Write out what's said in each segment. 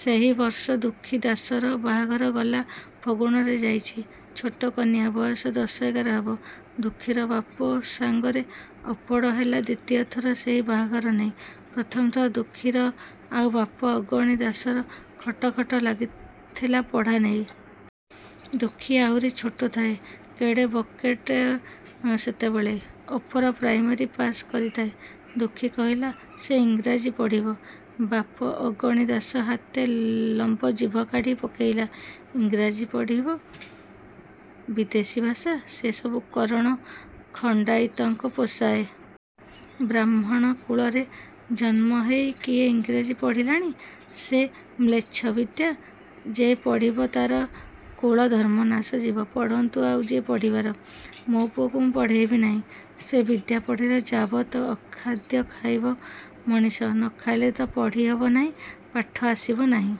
ସେଇ ବର୍ଷ ଦୁଃଖୀ ଦାଶର ବାହାଘର ଗଲା ଫଗୁଣରେ ଯାଇଚି। ଛୋଟ କନିଆ। ବୟସ ଦଶ ଏଗାର ହବ। ଦୁଃଖୀର ବାପ ସାଙ୍ଗରେ ଅପଡ଼ ହେଲା ଦ୍ୱିତୀୟ ଥର ସେଇ ବାହାଘର ନେଇ। ପ୍ରଥମ ଥର ଦୁଃଖୀର ଆଉ ବାପ ଅଗଣି ଦାଶର ଖଟ ଖଟ ଲାଗିଥିଲା ପଢ଼ା ନେଇ। ଦୁଃଖୀ ଆହୁରି ଛୋଟ ଥାଏ। କେଡ଼େ ବକଟେ ସେତେବେଳେ। ଅପର ପ୍ରାଇମେରୀ ପାଶ୍ କରିଥାଏ। ଦୁଃଖୀ କହିଲା ସେ ଇଂରେଜୀ ପଢ଼ିବ। ବାପ ଅଗଣି ଦାଶ ହାତେ ଲମ୍ୱ ଜିଭ କାଢ଼ି ପକେଇଲା। ଇଂରେଜୀ ପଢ଼ିବ? ବିଦେଶୀ ଭାଷା। ସେ ସବୁ କରଣ ଖଣ୍ତାଇତଙ୍କୁ ପୋଷାଏ। ବାହ୍ମୁଣ କୁଳରେ ଜନ୍ମ ହେଇ କିଏ ଇଂରେଜୀ ପଢ଼ିଲାଣି? ସେ ମ୍ଳେଚ୍ଛ ବିଦ୍ୟା। ଯେ ପଢ଼ିବ ତା'ର କୁଳଧର୍ମ ନାଶ ଯିବ। ପଢ଼ନ୍ତୁ ଆଉ ଯିଏ ପଢ଼ିବାର। ମୋ ପୁଅକୁ ମୁଁ ପଢ଼େଇବି ନାହିଁ। ସେ ବିଦ୍ୟା ପଢ଼ିଲେ ଯାବତ୍ ଅଖାଦ୍ୟ ଖାଇବ ମଣିଷ। ନ ଖାଇଲେ ତ ପଢ଼ି ହବ ନାହିଁ ପାଠ ଆସିବ ନାହିଁ।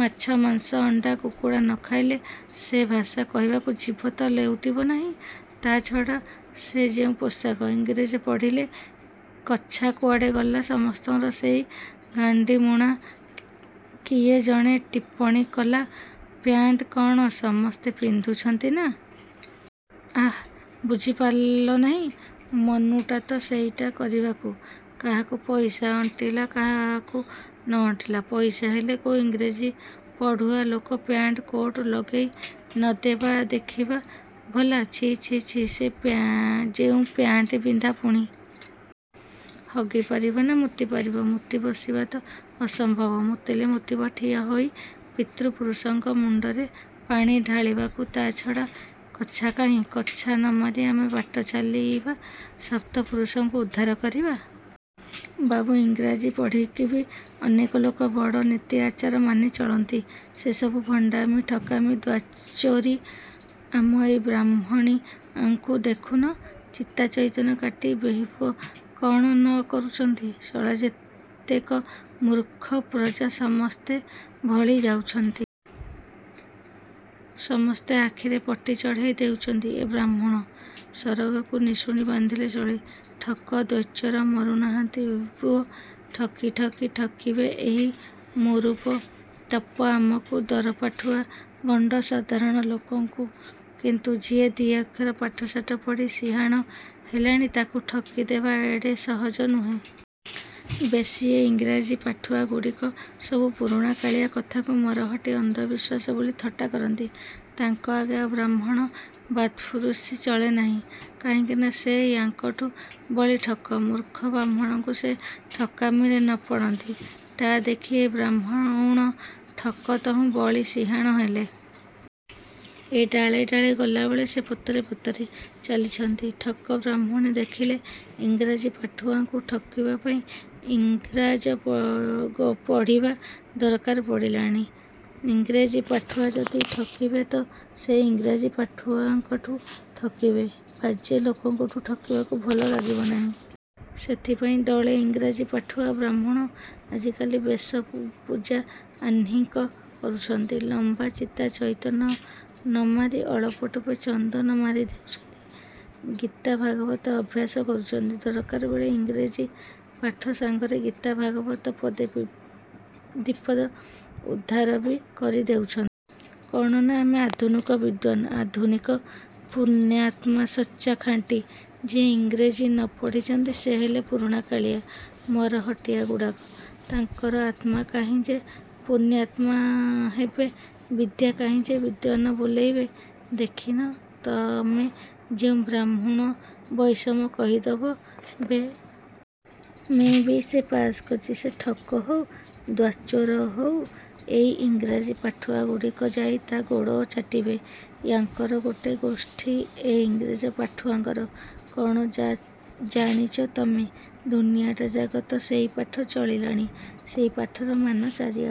ମାଛ, ମାଂସ, ଅଣ୍ତା, କୁକୁଡ଼ା ନ ଖାଇଲେ ସେ ଭାଷା କହିବାକୁ ଜିଭ ତ ଲେଉଟିବ ନାହିଁ। ତା ଛଡ଼ା ସେ ଯେଉଁ ପୋଷାକ! ଇଂରେଜ ପଢ଼ିଲେ କଛା କୁଆଡ଼େ ଗଲା ସମସ୍ତଙ୍କର ସେଇ ଗାଣ୍ତିମୁଣା। କିଏ। ଜଣେ ଟିପ୍ପଣୀ କଲା ପ୍ୟାଣ୍ଟ କ'ଣ ସମସ୍ତେ ପିନ୍ଧୁଛନ୍ତିନା। ଆଃ, ବୁଝି ପାରିଲ ନାହିଁ? ମନୁଟାତ ସେଇଟା କରିବାକୁ। କାହାକୁ ପଇସା ଅଣ୍ଟିଲା କାହାକୁ ନ ଅଣ୍ଟିଲା। ପଇସା ହେଲେ କୋଉ ଇଂରେଜୀ ପଢ଼ୁଆ ଲୋକ ପ୍ୟାଣ୍ଟ କୋଟ୍ ଲଗେଇ ନ ଦେବ ଦେଖିବା ଭଲା। ଛି, ଛି, ଛି ସେ ଯେଉଁ ପ୍ୟାଣ୍ଟ ପିନ୍ଧା ପୁଣି। ହଗି ପାରିବ ନା ମୂତି ପାରିବ! ମୂତି ବସିବା ତ ଅସମ୍ଭବ। ମୂତିଲେ ମୂତିବ ଠିଆ ହୋଇ ପିତୃ ପୁରୁଷଙ୍କ ମୁଣ୍ତରେ ପାଣି ଢାଳିବାକୁ । ତା' ଛଡ଼ା କଛା କାହିଁ? କଛା ନ ମାରି ଆମେ ବାଟ ଚାଲିବା? ସପ୍ତ ପୁରୁଷଙ୍କୁ ଉଦ୍ଧାର କରିବା? ବାବୁ, ଇଂରାଜୀ ପଢ଼ିକିବି ଅନେକ ଲୋକ ବଡ଼ ନୀତି ଆଚାର ମାନି ଚଳନ୍ତି। ସେ ସବୁ ଭଣ୍ତାମି ଠକାମି ଦ୍ୱାଚୋରି। ଆମ ଏଇ ବାହ୍ମୁଣିଆଙ୍କୁ ଦେଖୁନ! ଚିତା ଚଇତନ କାଟି ବେହିପୁଅ କ'ଣ ନ କରୁଚନ୍ତି। ଶଳା ଯେତେକ ମୂର୍ଖ ପ୍ରଜା ସମସ୍ତେ ଭଳି ଯାଉଚନ୍ତି । ସମସ୍ତେ ଆଖିରେ ପଟି ଚଢ଼େଇ ଦେଉଚନ୍ତି ଏ ବାହ୍ମୁଣ। ସରଗକୁ ନିଶୁଣି ବାନ୍ଧିବେ ଶଳେ! ଠକ ଦ୍ୱାଚୋର ମରୁ ନାହାନ୍ତି ବେହିପୁଅ ଠକି ଠକି ଠକିବେ ଏଇ ମୂରୁପ ତମ ଆମଙ୍କୁ ଦରପାଠୁଆ ଗଣ୍ତ ସାଧାରଣ ଲୋକଙ୍କୁ କିନ୍ତୁ ଯିଏ ଦି' ଅକ୍ଷର ପାଠ ଶାଠ ପଢ଼ି ସିହାଣ ହେଲାଣି ତାକୁ ଠକି ଦେବା ଏଡ଼େ ସହଜ ନୁହେଁ। ବେଶି ଏଇ ଇଂରେଜୀ ପାଠୁଆଗୁଡ଼ିକ ସବୁ ପୁରୁଣାକାଳିଆ କଥାକୁ ମରହଟ୍ଟି ଅନ୍ଧବିଶ୍ୱାସ ବୋଲି ଥଟ୍ଟା କରନ୍ତି। ତାଙ୍କ ଆଗେ ଆଉ ବାହ୍ମୁଣଙ୍କ ବାତ୍ଫୁରୁସି ଚଳେ ନାହିଁ-। କାହିଁକିନା ସେ ୟାଙ୍କଠୁ ବଳି ଠକ। ମୂର୍ଖ ବାହ୍ମୁଣଙ୍କୁ ସେ ଠକାମିରେ ନ ପଡ଼ନ୍ତି। ତା' ଦେଖି ଏଇ ବାହ୍ମୁଣ ଠକ ତହୁଁ ବଳି ସିହାଣ ହେଲେ। ଏ ଡାଳେ ଡାଳେ ଗଲାବେଳକୁ ସେ ପତରେ ପତରେ ଚାଲିଛନ୍ତି। ଠକ ବାହ୍ମୁଣେ ଦେଖିଲେ ଇଂରାଜୀ ପାଠୁଆଙ୍କୁ ଠକିବାପାଇଁ ଇଂରାଜ ପଢ଼ିବା ଦରକାର ପଡ଼ିଲାଣି। ଇଂରେଜୀ ପାଠୁଆ ଯଦି ଠକିବେ ତ ସେଇ ଇଂରାଜୀ ପାଠୁଆଙ୍କଠୁ ଠକିବେ-। ବାଜେ ଲୋକଙ୍କଠୁ ଠକିବାକୁ ଭଲ ଲାଗିବ ନାହିଁ। ସେଥିପାଇଁ ଦଳେ ଇଂରେଜୀ ପାଠୁଆ ବାହ୍ମୁଣ ଆଜିକାଲି ବେଶ ପୂଜା ଆହ୍ନିକ କରୁଛନ୍ତି। ଲମ୍ବା ଚିତା ଚଇତନ ନ ମାରି ଅଳପ ଟୋପେ ଚନ୍ଦନ ମାରି ଦେଉଛନ୍ତି। ଗୀତା ଭାଗବତ ଅଭ୍ୟାସ କରୁଛନ୍ତି। ଦରକାରବେଳେ ଇଂରେଜୀ ପାଠ ସାଙ୍ଗରେ ଗୀତା ଭାଗବତ ପଦେ ଦିପଦ ଉଦ୍ଧାରବି କରି ଦେଉଛନ୍ତି। କ'ଣ ନା ଆମେ ଆଧୁନିକ ବିଦ୍ୱାନ୍। ଆଧୁନିକ ପୁଣ୍ୟାତ୍ମା ସଚା, ଖାଣ୍ଟି। ଯିଏ ଇଂରେଜୀ ନ ପଢ଼ିଛନ୍ତି ସେ ହେଲେ ପୁରୁଣାକାଳିଆ ମରହଟ୍ଟିଆଗୁଡ଼ାକ, ତାଙ୍କର ଆତ୍ମା କାହିଁ ଯେ ପୁଣ୍ୟାତ୍ମା ହେବେ ବିଦ୍ୟା କାହିଁ ଯେ ବିଦ୍ୱାନ୍ ବୋଲେଇବେ। ଦେଖିନ ତମେ ଯେଉଁ ବାହ୍ମୁଣ ବଇଷମ କହିଦବ ବେ. ମେ. ବି. ସେ ପାସ କରିଚି ସେ ଠକ ହଉ, ଦ୍ୱାଚୋର ହଉ, ଏଇ ଇଂରାଜୀ ପାଠୁଆଗୁଡ଼ିକ ଯାଇ ତା' ଗୋଡ଼ ଚାଟିବେ। ୟାଙ୍କର ଗୋଟେ ଗୋଷ୍ଠୀ ଏ ଇଂରେଜ ପାଠୁଆଙ୍କର। କ'ଣ ଜାଣିଚ ତମେ! ଦୁନିଆଟା ଯାକ ତ ସେଇ ପାଠ ଚଳିଲାଣି ସେଇ ପାଠର ମାନ ଚାରିଆଡ଼େ।